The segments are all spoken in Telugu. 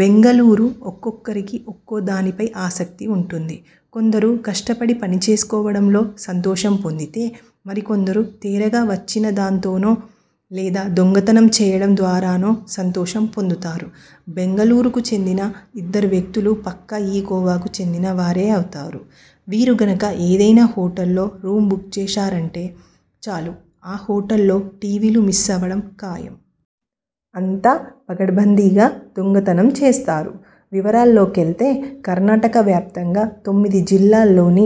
బెంగళూరు ఒక్కొక్కరికి ఒక్కోదానిపై ఆసక్తి ఉంటుంది. కొందరు కష్టపడి పనిచేసుకోవడంలో సంతోషం పొందితే మరికొందరు తేరగా వచ్చినదాంతోనో లేదా దొంగతనం చేయడం ద్వారానో సంతోషం పొందుతారు. బెంగళూరుకు చెందిన ఇద్దరు వ్యక్తులు పక్కా ఈ కోవకు చెందిన వారే అవుతారు. వీరు గనుక ఏదైనా హోటల్లో రూమ్ బుక్ చేశారంటే చాలు ఆ హోటల్లో టీవీలు మిస్ అవడం ఖాయం. అంత పకడ్బందీగా దొంగతనం చేస్తారు. వివరాల్లోకెళితే.. కర్ణాటక వ్యాప్తంగా తొమ్మిది జిల్లాల్లోని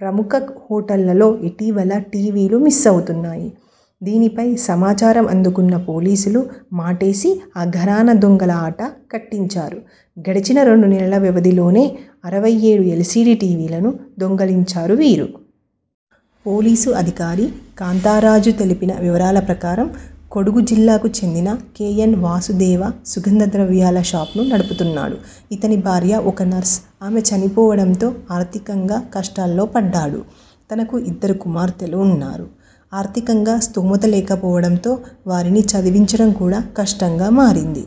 ప్రముఖ హోటళ్లలో ఇటీవల టీవీలు మిస్ అవుతున్నాయి. దీనిపై సమాచారం అందుకున్న పోలీసులు మాటేసి ఆ ఘరానా దొంగల ఆట కట్టించారు. గడిచిన రెండు నెలల వ్యవధిలోనే అరవై ఏడు ఎల్సీడీ టీవీలను దొంగిలించారు వీరు. పోలీసు అధికారి కాంతారాజు తెలిపిన వివరాల ప్రకారం.. కొడగు జిల్లాకు చెందిన కె. ఎన్ వాసుదేవ సుగంధ ద్రవ్యాల షాప్ను నడుపుతున్నాడు. ఇతని భార్య ఒక నర్స్.. ఆమె చనిపోవడంతో ఆర్థికంగా కష్టాల్లో పడ్డాడు. తనకు ఇద్దరు కుమార్తెలు ఉన్నారు. ఆర్థికంగా స్థోమత లేకపోవడంతో వారిని చదివించడం కూడా కష్టంగా మారింది.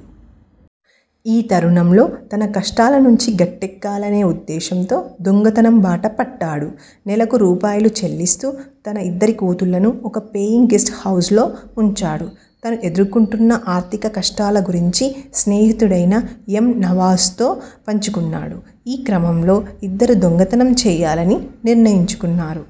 ఈ తరుణంలో తన కష్టాల నుంచి గట్టేక్కాలనే ఉద్దేశంతో దొంగతనం బాటపట్టాడు. నెలకు రూ. చెల్లిస్లూ తన ఇద్దరి కూతుళ్లను ఒక పెయింగ్ గెస్ట్ హౌస్లో ఉంచాడు. తాను ఎదుర్కొంటున్న ఆర్థిక కష్టాల గురించి స్నేహితుడైన ఎం నవాజ్తో పంచుకున్నాడు. ఈ క్రమంలో ఇద్దరూ దొంగతనం చేయాలని నిర్ణయించుకున్నారు.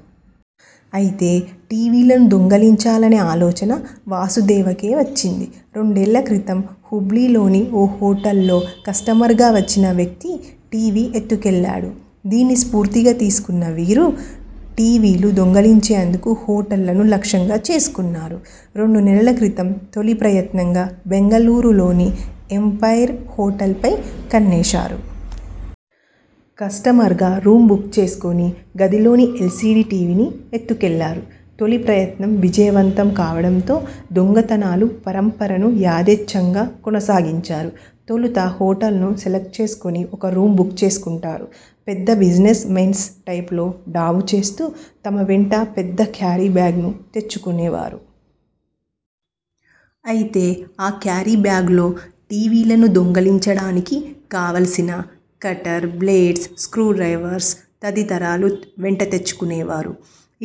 అయితే టీవీలను దొంగిలించాలనే ఆలోచన వాసుదేవకే వచ్చేంది. రెండేళ్ల క్రితం హుబ్లీలోని ఓ హోటల్లో కస్టమర్గా వచ్చిన వ్యక్తి టీవీ ఎత్తుకెళ్లాడు. దీన్ని స్ఫూర్తిగా తీసుకున్న వీరు.. టీవీలు దొంగిలించేందుకు హోటళ్లను లక్ష్యంగా చేసుకున్నారు. రెండు నెలల క్రితం తొలి ప్రయత్నంగా బెంగళూరులోని ఎంపైర్ హోటల్పై కన్నేశారు. కస్టమర్గా రూమ్ బుక్ చేసుకుని గదిలోని ఎల్సీడీ టీవీని ఎత్తుకెళ్లారు. తొలి ప్రయత్నం విజయవంతం కావడంతో దొంగతనాల పరంపరను యధేచ్చగా కొనసాగించారు. తొలుత హోటల్ను సెలెక్ట్ చేసుకుని ఒక రూమ్ బుక్ చేసుకుంటారు. పెద్ద బిజినెస్ మెన్స్ టైప్లో డాబు చేస్తూ తమ వెంట పెద్ద క్యారీ బ్యాగ్ను తెచ్చుకునేవారు. అయితే ఆ క్యారీ బ్యాగ్లో టీవీలను దొంగిలించడానికి కావాల్సిన కటర్, బ్లేడ్స్, స్క్రూ డ్రైవర్స్.. తదితరాలు వెంటతెచ్చుకునేవారు.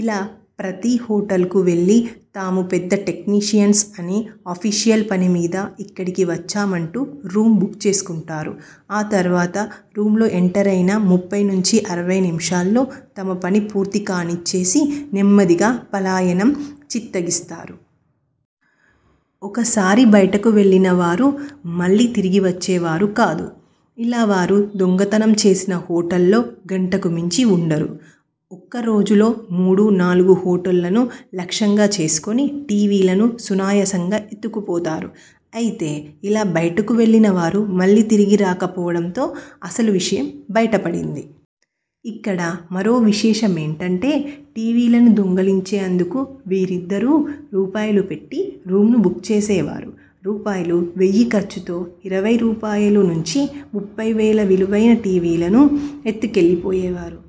ఇలా ప్రతీ హోటల్కు వెళ్లి తాము పెద్ద టెక్నీషియన్స్ అని.. అఫీషియల్ పనిమీద ఇక్కడికి వచ్చామంటూ రూమ్ బుక్ చేసుకుంటారు. ఆ తరువాత రూమ్లో ఎంటరైన ముప్పై నుంచి అరవై నిమిషాల్లో తమ పని పూర్తికానిచ్చేసి నెమ్మదిగా పలాయనం చిత్తగిస్తారు. ఒకసారి బయటకు వెళ్లిన వారు మళ్లీ తిరిగి వచ్చేవారు కాదు. ఇలా వారు దొంగతనం చేసిన హోటల్లో గంటకు మించి ఉండరు. ఒక్కరోజులో మూడు, నాలుగు హోటళ్లను లక్ష్యంగా చేసుకొని టీవీలను సునాయాసంగా ఎత్తుకుపోతారు. అయితే ఇలా బయటకు వెళ్లిన వారు మళ్లీ తిరిగి రాకపోవడంతో అసలు విషయం బయటపడింది. ఇక్కడ మరో విశేషమేంటంటే.. టీవీలను దొంగిలించేందుకు వీరిద్దరూ రూ. పెట్టి రూమ్ను బుక్ చేసేవారు. రూ. వెయ్యి ఖర్చుతో ఇరవై రూపాయలునుంచి ముప్పై వేల విలువైన టీవీలను ఎత్తుకెళ్లిపోయేవారు.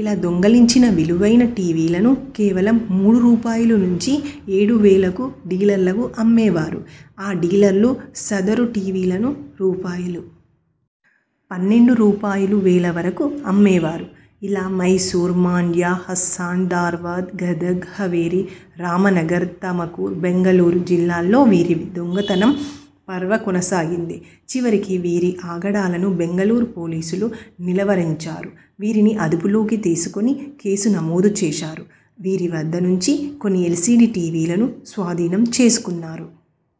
ఇలా దొంగిలించిన విలువైన టీవీలను కేవలం మూడు రూపాయలునుంచి ఏడు వేలకు డీలర్లకు అమ్మేవారు. ఆ డీలర్లు సదరు టీవీలను రూ. పన్నెండు రూపాయలువేల వరకు అమ్మేవారు. ఇలా మైసూర్, మాండ్య, హస్సన్, ధార్వద్, గదగ్, హవెరీ, రామనగర, తమకురు, బెంగళూరు జిల్లాల్లో వీరి దొంగతనం పర్వ కొనసాగింది. చివరికి వీరి ఆగడాలను బెంగళూరు పోలీసులు నిలువరించారు. వీరిని అదుపులోకి తీసుకుని కేసు నమోదుచేశారు. వీరి వద్ద నుంచి కొన్ని ఎల్సీడీ టీవీలను స్వాధీనం చేసుకున్నారు.